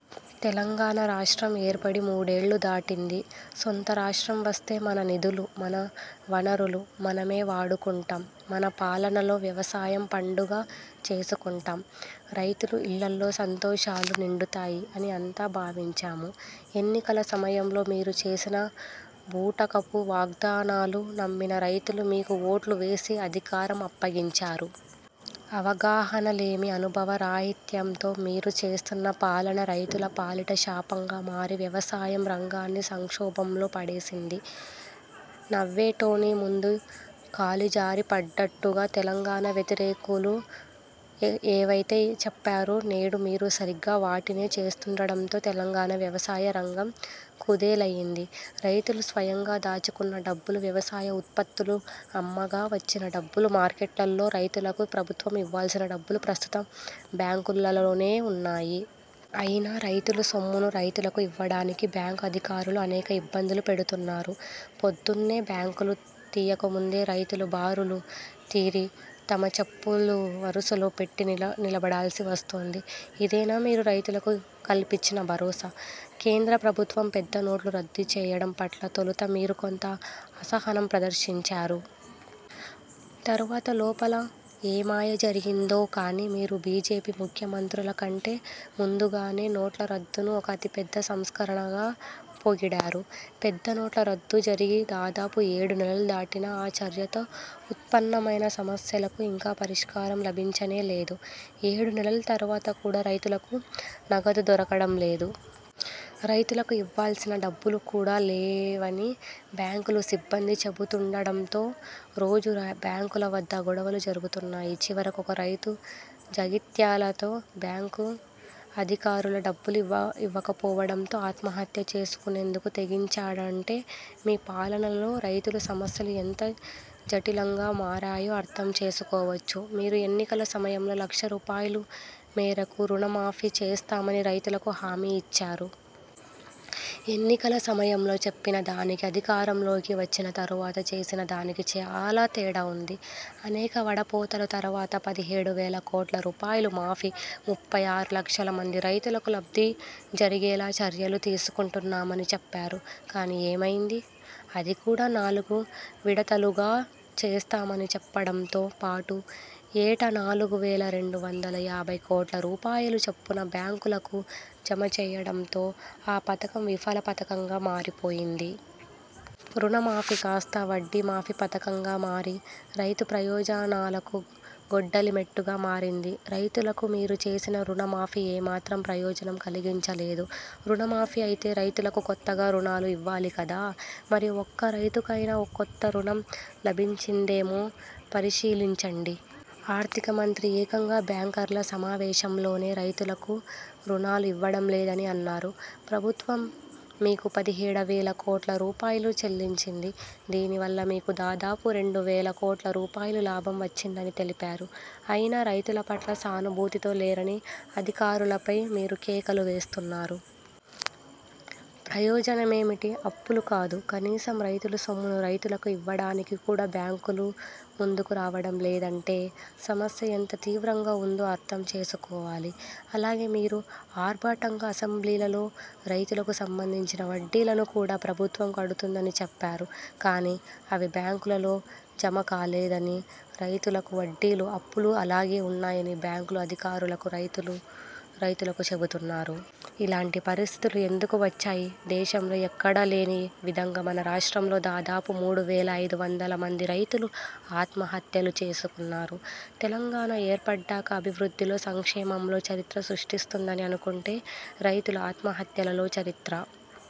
తెలంగాణ రాష్ట్రం ఏర్పడి మూడేళ్లు దాటింది. సొంత రాష్ట్రం వస్తే మన నిధులు, మన వనరులు మనమే వాడుకుంటాం మన పాలనలో వ్యవసాయం పండుగ చేసుకుంటాం రైతుల ఇళ్ళలో సంతోషాలు నిండుతాయి అని అంతా భావించాము. ఎన్నికల సమయంలో మీరు చేసిన బూటకపు వాగ్దా నాలు నమ్మిన రైతులు మీకు ఓట్లు వేసి అధికారం అప్పగించారు. అవగాహన లేమి, అనుభవ రాహిత్యంతో మీరు చేస్తున్న పాలన రైతుల పాలిట శాపంగా మారి వ్యవసాయ రంగాన్ని సంక్షోభంలో పడేసింది. నవ్వేటోని ముందు కాలి జారిపడ్డట్టుగా తెలంగాణ వ్యతిరేకులు ఏవైతే చెప్పారో నేడు మీరు సరిగ్గా వాటినే చేస్తుండడంతో తెలంగాణ వ్యవసాయ రంగం కుదేలయింది. రైతులు స్వయంగా దాచుకున్న డబ్బులు, వ్యవసాయ ఉత్పత్తులు అమ్మగా వచ్చిన డబ్బులు, మార్కెట్లలో రైతులకు ప్రభుత్వం ఇవ్వాల్సిన డబ్బులు ప్రస్తుతం బ్యాంకులలోనే ఉన్నాయి. అయినా రైతుల సొమ్మును రైతులకు ఇవ్వడానికి బ్యాంకు అధికారులు అనేక ఇబ్బందులు పెడుతున్నారు! పొద్దున్నే బ్యాంకులు తీయకముందే రైతులు బారులు తీరి, తమ చెప్పులు వరసలో పెట్టి నిలబడాల్సి వస్తోంది. ఇదేనా మీరు రైతులకు కల్పించిన భరోసా? కేంద్ర ప్రభుత్వం పెద్ద నోట్ల రద్దు చేయడం పట్ల తొలుత మీరు కొంత అసహనం ప్రదర్శించారు. తరువాత లోపల ఏమాయ జరిగిందో కానీ మీరు బిజెపి ముఖ్యమంత్రులకంటే ముందుగానే నోట్ల రద్దును ఒక అతిపెద్ద సంస్కరణగా పొగిడారు. పెద్ద నోట్ల రద్దు జరిగి దాదాపు ఏడు నెలల దాటినా, ఆ చర్యతో ఉత్పన్నమైన సమస్యలకు ఇంకా పరిష్కారం లభించనే లేదు. ఏడు నెలల తరువాత కూడా రైతులకు నగదు దొరకడం లేదు. రైతులకు ఇవ్వాల్సిన డబ్బులుకూడా లేవని బ్యాంకుల సిబ్బంది చెబుతుండటంతో రోజూ బ్యాంకుల వద్ద గొడవలు జరుగుతున్నాయి. చివరకు ఒక రైతు జగిత్యాలలో బ్యాంకు అధికారులు డబ్బులు ఇవ్వకపోవడంతో ఆత్మహత్య చేసుకునేందుకు తెగించాడంటే మీ పాలనలో రైతుల సమస్యలు ఎంత జటిలంగా మారాయో అర్థం చేసుకోవచ్చు. మీరు ఎన్నికల సమయంలో లక్ష రూపాయల మేరకు రుణ మాఫీ చేస్తామని రైతులకు హామీ ఇచ్చారు. ఎన్నికల సమయంలో చెప్పిన దానికి అధికారంలోకి వచ్చిన తరువాత చేసిన దానికి చాలా తేడా ఉంది. అనేక వడపోతల తరువాత పదిహేడు వేల కోట్ల రూపాయల మాఫీ, ముప్పై ఆరు లక్షల మంది రైతులకు లబ్ధి జరిగేలా చర్యలు తీసుకుంటున్నామని చెప్పారు. కానీ ఏమయింది? అది కూడా నాలుగు విడతలుగా చేస్తామని చెప్పడంతో పాటు ఏటా నాలుగు వేల రెండు వందల యాభై కోట్ల రూపాయల చొప్పున బ్యాంకులకు జమ చేయడంతో ఆ పథకం విఫల పథకంగా మారిపోయింది. రుణ మాఫీ కాస్తా, వడ్డీ మాఫీ పథకంగా మారి రైతు ప్రయోజనాలకు గొడ్డలిపెట్టుగా మారింది. రైతులకు మీరు చేసిన రుణ మాఫీ ఏ మాత్రం ప్రయోజనం కలిగించలేదు, రుణ మాఫీ అయితే రైతులకు కొత్తగా రుణాలు ఇవ్వాలి కదా. మరి ఒక్క రైతుకైనా కొత్త రుణం లభించిందేమో పరిశీలించండి. ఆర్థిక మంత్రి ఏకంగా బ్యాంకర్ల సమావేశంలోనే రైతులకు రుణాలు ఇవ్వడం లేదని అన్నారు. ప్రభుత్వం మీకు పదిహేడు వేల కోట్ల రూపాయలు చెల్లించింది. దీని వల్ల మీకు దాదాపు రెండు వేల కోట్ల రూపాయల లాభం వచ్చిందని తెలిపారు. అయినా, రైతుల పట్ల సానుభూతితో లేరని అధికారులపై మీరు కేకలు వేస్తున్నారు. ప్రయోజనమేమిటి? అప్పులు కాదు, కనీసం రైతుల సొమ్మును రైతులకు ఇవ్వడానికి కూడా బ్యాంకులు ముందుకు రావడం లేదంటే సమస్య ఎంత తీవ్రంగా ఉందో అర్థం చేసుకోవాలి. అలాగే మీరు ఆర్భాటంగా అసెంబ్లీలలో రైతులకు సంబంధించిన వడ్డీలను కూడా ప్రభుత్వం కడుతుందని చెప్పారు. కానీ అవి బ్యాంకులలో జమ కాలేదని, రైతులకు వడ్డీలు, అప్పులు అలాగే ఉన్నాయని బ్యాంకు అధికారులు రైతులకు చెపుతున్నారు. ఇలాంటి పరిస్థితులు ఎందుకు వచ్చాయి? దేశంలో ఎక్కడా లేని విధంగా మన రాష్ట్రంలో దాదాపు మూడు వేల ఐదు వందల మంది రైతులు ఆత్మహత్యలు చేసుకున్నారు. తెలంగాణ ఏర్పడ్డాక అభివృద్ధిలో, సంక్షేమంలో చరిత్ర సృష్టిస్తుందని అనుకుంటే రైతుల ఆత్మహత్యలలో చరిత్ర